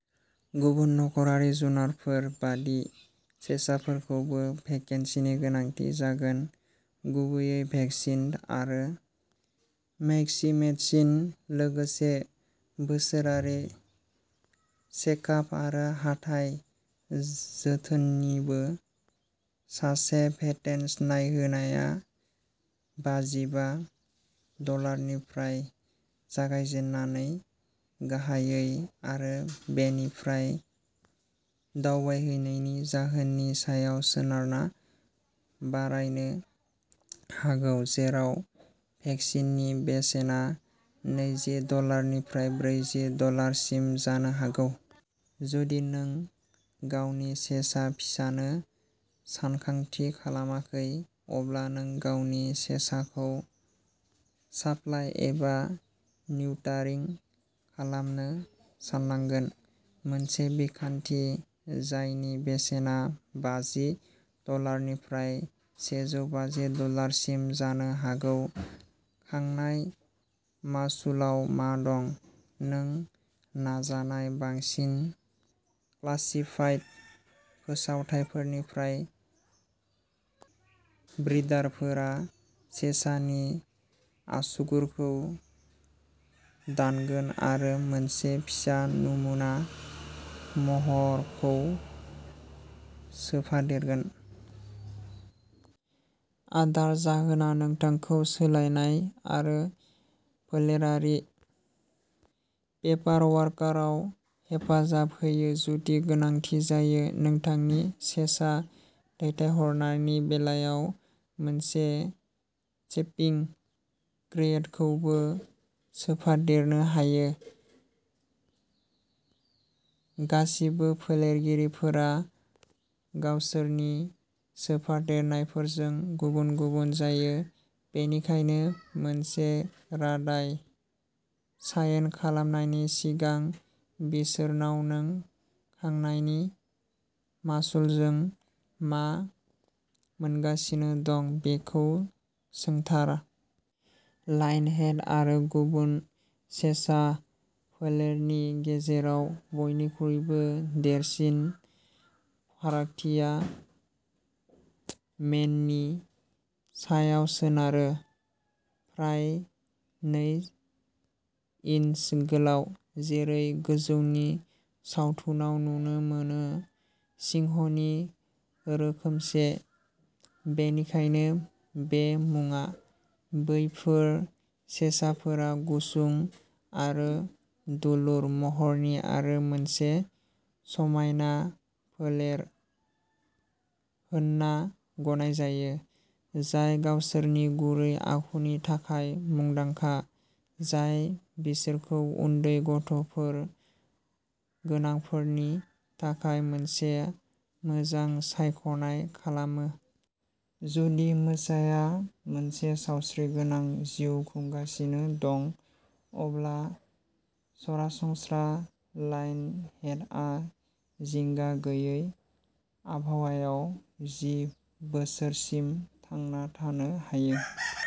गुबुन नखरारि जुनारफोर बायदि सेसाफोरखौबो भेकसिननि गोनांथि जागोन, गुबैयै भिएचडि आरो मैक्समेटसिस, लोगोसे बोसोरारि चेकआप आरो हाथाइ जोथोननिबो। सासे भेटेनस नायहैनाया बाजिबा डलारनिफ्राय जागायजेन्नो गाहायै आरो बेनिफ्राय दावबायहैनायनि जाहोननि सायाव सोनारना बारायनो हागौ, जेराव भेकसिननि बेसेना नैजि डलारनिफ्राय ब्रैजि डलारसिम जानो हागौ। जुदि नों गावनि सेसा फिसायनो सानथांखि खालामाखै, अब्ला नों गावनि सेसाखौ स्पाय एबा निउटारिं खालामनो साननांगोन, मोनसे बिखान्थि जायनि बेसेना बाजि डलारनिफ्राय सेजौ बाजि डलारसिम जानो हागौ। खांनाय मासुलाव मा दं? जों नायजानाय बांसिन क्लासिफाइड फोसावथायफोरनिफ्राय, ब्रिडारफोरा सेसानि आसुगुरखौ दानगोन आरो मोनसे फिसा नमुना महरखौ सोफादेरगोन। आदार जाहोना नोंथांखौ सोलायनाय आरो फोलेरारि पेपारवर्कआव हेफाजाब होयो, जुदि गोनांथि जायो। नोंथांनि सेसा दैथायहरनायनि बेलायाव, मोनसे शिपिं क्रेटखौबो सोफादेरनो हायो। गासिबो फोलेरगिरिफोरा गावसोरनि सोफादेरनायफोरजों गुबुन गुबुन जायो, बेनिखायनो मोनसे रादाय साइन खालामनायनि सिगां बिसोरनाव नों खांनायनि मासुलजों मा मोनगासिनो दं बेखौ सोंथार। लायनहेड आरो गुबुन सेसा फोलेरनि गेजेराव बयनिख्रुइबो देरसिन फारागथिया मेननि सायाव सोनारो, फ्राय नै इन्सि गोलाव, जेरै गोजौनि सावथुनाव नुनो मोनो, सिंहनि रोखोमसे, बेनिखायनो बे मुङा। बेफोर सेसाफोरा गुसुं आरो दुलुर महरनि आरो मोनसे समायना फोलेर होनना गनायजायो, जाय गावसोरनि गुरै आखुनि थाखाय मुंदांखा, जाय बिसोरखौ उन्दै गथ'फोर गोनांफोरनि थाखाय मोनसे मोजां सायख'नाय खालामो। जुदि मोसाया मोनसे सावस्रिगोनां जिउ खुंगासिनो दं, अब्ला सरासनस्रा लायनहेडआ जिंगा गैयै आबहावायाव जि बोसोरसिम थांना थानो हायो।